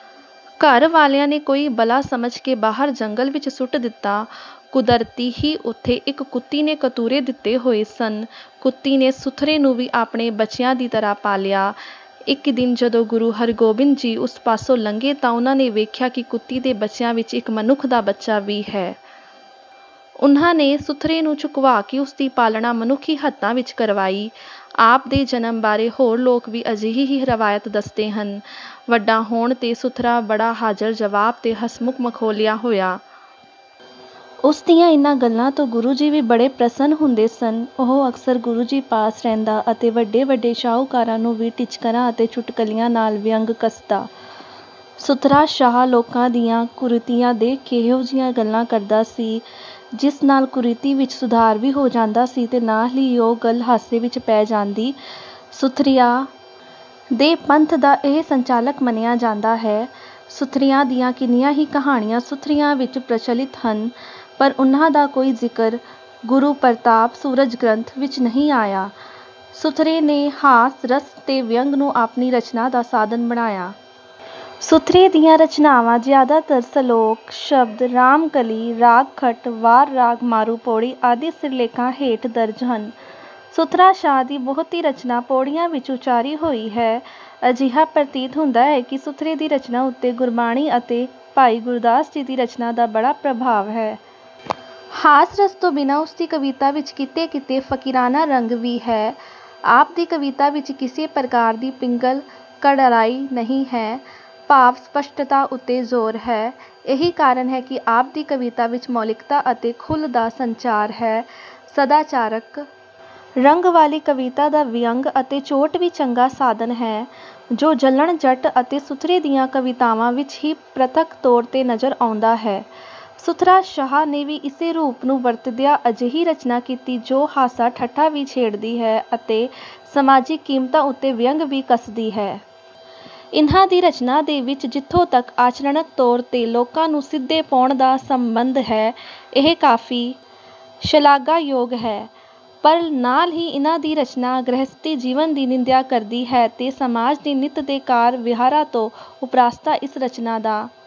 ਘਰ ਵਾਲਿਆਂ ਨੇ ਕੋਈ ਬਲਾ ਸਮਝ ਕੇ ਬਾਹਰ ਜੰਗਲ ਵਿੱਚ ਸੁੱਟ ਦਿੱਤਾ। ਕੁਦਰਤੀ ਹੀ ਉੱਥੇ ਇੱਕ ਕੁੱਤੀ ਨੇ ਕਤੂਰੇ ਦਿੱਤੇ ਹੋਏ ਸਨ। ਕੁੱਤੀ ਨੇ ਸੁਥਰੇ ਨੂੰ ਵੀ ਆਪਣੇ ਬੱਚਿਆਂ ਦੀ ਤਰ੍ਹਾਂ ਪਾਲਿਆ। ਇੱਕ ਦਿਨ ਜਦੋਂ ਗੁਰੂ ਹਰਿਗੋਬਿੰਦ ਜੀ ਉਸ ਪਾਸੋਂ ਲੰਘੇ ਤਾਂ ਉਨ੍ਹਾਂ ਨੇ ਵੇਖਿਆ ਕਿ ਕੁੱਤੀ ਦੇ ਬੱਚਿਆਂ ਵਿੱਚ ਇੱਕ ਮਨੁੱਖ ਦਾ ਬੱਚਾ ਵੀ ਹੈ। ਉਨ੍ਹਾਂ ਨੇ ਸੁਥਰੇ ਨੂੰ ਚੁਕਵਾ ਕੇ ਉਸ ਦੀ ਪਾਲਣਾ ਮਨੁੱਖੀ ਹੱਥਾਂ ਵਿੱਚ ਕਰਵਾਈ। ਆਪ ਦੇ ਜਨਮ ਬਾਰੇ ਹੋਰ ਲੋਕ ਵੀ ਅਜਿਹੀ ਹੀ ਰਵਾਇਤ ਦੱਸਦੇ ਹਨ। ਵੱਡਾ ਹੋਣ 'ਤੇ ਸੁਥਰਾ ਬੜਾ ਹਾਜ਼ਰ-ਜਵਾਬ ਤੇ ਹਸਮੁੱਖ ਮਖੌਲੀਆ ਹੋਇਆ। ਉਸ ਦੀਆਂ ਇਨ੍ਹਾਂ ਗੱਲਾਂ ਤੋਂ ਗੁਰੂ ਜੀ ਵੀ ਬੜੇ ਪ੍ਰਸੰਨ ਹੁੰਦੇ ਸਨ। ਉਹ ਅਕਸਰ ਗੁਰੂ ਜੀ ਪਾਸ ਰਹਿੰਦਾ ਅਤੇ ਵੱਡੇ-ਵੱਡੇ ਸ਼ਾਹੂਕਾਰਾਂ ਨੂੰ ਵੀ ਟਿਚਕਰਾਂ ਅਤੇ ਚੁਟਕਲਿਆਂ ਨਾਲ ਵਿਅੰਗ ਕੱਸਦਾ। ਸੁਥਰਾ ਸ਼ਾਹ ਲੋਕਾਂ ਦੀਆਂ ਕੁਰੀਤੀਆਂ ਦੇਖ ਕੇ ਇਹੋ ਜਿਹੀਆਂ ਗੱਲਾਂ ਕਰਦਾ ਸੀ, ਜਿਸ ਨਾਲ ਕੁਰੀਤੀ ਵਿੱਚ ਸੁਧਾਰ ਵੀ ਹੋ ਜਾਂਦਾ ਸੀ ਤੇ ਨਾਲ ਹੀ ਉਹ ਗੱਲ ਹਾਸੇ ਵਿੱਚ ਪੈ ਜਾਂਦੀ। ਸੁਥਰਿਆਂ ਦੇ ਪੰਥ ਦਾ ਇਹ ਸੰਚਾਲਕ ਮੰਨਿਆ ਜਾਂਦਾ ਹੈ। ਸੁਥਰਿਆਂ ਦੀਆਂ ਕਿੰਨੀਆਂ ਹੀ ਕਹਾਣੀਆਂ ਸੁਥਰਿਆਂ ਵਿੱਚ ਪ੍ਰਚਲਿਤ ਹਨ, ਪਰ ਉਨ੍ਹਾਂ ਦਾ ਕੋਈ ਜ਼ਿਕਰ "ਗੁਰੂ ਪ੍ਰਤਾਪ ਸੂਰਜ ਗ੍ਰੰਥ" ਵਿੱਚ ਨਹੀਂ ਆਇਆ। ਸੁਥਰੇ ਨੇ ਹਾਸ-ਰਸ ਤੇ ਵਿਅੰਗ ਨੂੰ ਆਪਣੀ ਰਚਨਾ ਦਾ ਸਾਧਨ ਬਣਾਇਆ। ਸੁਥਰੇ ਦੀਆਂ ਰਚਨਾਵਾਂ ਜ਼ਿਆਦਾਤਰ ਸਲੋਕ, ਸ਼ਬਦ, ਰਾਮਕਲੀ, ਰਾਗ ਖਟ, ਵਾਰ-ਰਾਗ ਮਾਰੂ ਪੌੜੀ ਆਦਿ ਸਿਰਲੇਖਾਂ ਹੇਠ ਦਰਜ ਹਨ। ਸੁਥਰਾ ਸ਼ਾਹ ਦੀ ਬਹੁਤੀ ਰਚਨਾ ਪੌੜੀਆਂ ਵਿੱਚ ਉਚਾਰੀ ਹੋਈ ਹੈ। ਅਜਿਹਾ ਪ੍ਰਤੀਤ ਹੁੰਦਾ ਹੈ ਕਿ ਸੁਥਰੇ ਦੀ ਰਚਨਾ ਉੱਤੇ ਗੁਰਬਾਣੀ ਅਤੇ ਭਾਈ ਗੁਰਦਾਸ ਜੀ ਦੀ ਰਚਨਾ ਦਾ ਬੜਾ ਪ੍ਰਭਾਵ ਹੈ। ਹਾਸ-ਰਸ ਤੋਂ ਬਿਨਾਂ ਉਸ ਦੀ ਕਵਿਤਾ ਵਿੱਚ ਕਿਤੇ-ਕਿਤੇ ਫ਼ਕੀਰਾਨਾ ਰੰਗ ਵੀ ਹੈ। ਆਪ ਦੀ ਕਵਿਤਾ ਵਿੱਚ ਕਿਸੇ ਪ੍ਰਕਾਰ ਦੀ ਪਿੰਗਲ ਕਰੜਾਈ ਨਹੀਂ ਹੈ, ਭਾਵ-ਸਪਸ਼ਟਤਾ ਉੱਤੇ ਜ਼ੋਰ ਹੈ। ਇਹੀ ਕਾਰਨ ਹੈ ਕਿ ਆਪ ਦੀ ਕਵਿਤਾ ਵਿੱਚ ਮੌਲਿਕਤਾ ਅਤੇ ਖੁੱਲ੍ਹ ਦਾ ਸੰਚਾਰ ਹੈ। ਸਦਾਚਾਰਕ ਰੰਗ ਵਾਲੀ ਕਵਿਤਾ ਦਾ ਵਿਅੰਗ ਅਤੇ ਚੋਟ ਵੀ ਚੰਗਾ ਸਾਧਨ ਹੈ, ਜੋ ਜੱਲਣ ਜੱਟ ਅਤੇ ਸੁਥਰੇ ਦੀਆਂ ਕਵਿਤਾਵਾਂ ਵਿੱਚ ਹੀ ਪ੍ਰਤੱਖ ਤੌਰ 'ਤੇ ਨਜ਼ਰ ਆਉਂਦਾ ਹੈ। ਸੁਥਰਾ ਸ਼ਾਹ ਨੇ ਵੀ ਇਸੇ ਰੂਪ ਨੂੰ ਵਰਤਦਿਆਂ ਅਜਿਹੀ ਰਚਨਾ ਕੀਤੀ ਜੋ ਹਾਸਾ-ਠੱਠਾ ਵੀ ਛੇੜਦੀ ਹੈ ਅਤੇ ਸਮਾਜਿਕ ਕੀਮਤਾਂ ਉੱਤੇ ਵਿਅੰਗ ਵੀ ਕੱਸਦੀ ਹੈ। ਇਨ੍ਹਾਂ ਦੀ ਰਚਨਾ ਦੇ ਵਿੱਚ ਜਿੱਥੋਂ ਤੱਕ ਆਚਰਣਕ ਤੌਰ 'ਤੇ ਲੋਕਾਂ ਨੂੰ ਸਿੱਧੇ ਪਾਉਣ ਦਾ ਸੰਬੰਧ ਹੈ, ਇਹ ਕਾਫ਼ੀ ਸ਼ਲਾਘਾਯੋਗ ਹੈ। ਪਰ ਨਾਲ ਹੀ ਇਨ੍ਹਾਂ ਦੀ ਰਚਨਾ ਗ੍ਰਹਿਸਤੀ ਜੀਵਨ ਦੀ ਨਿੰਦਿਆ ਕਰਦੀ ਹੈ ਤੇ ਸਮਾਜ ਦੇ ਨਿੱਤ ਦੇ ਕਾਰ-ਵਿਹਾਰਾਂ ਤੋਂ ਉਪਰਾਮਤਾ ਇਸ ਰਚਨਾ ਦਾ...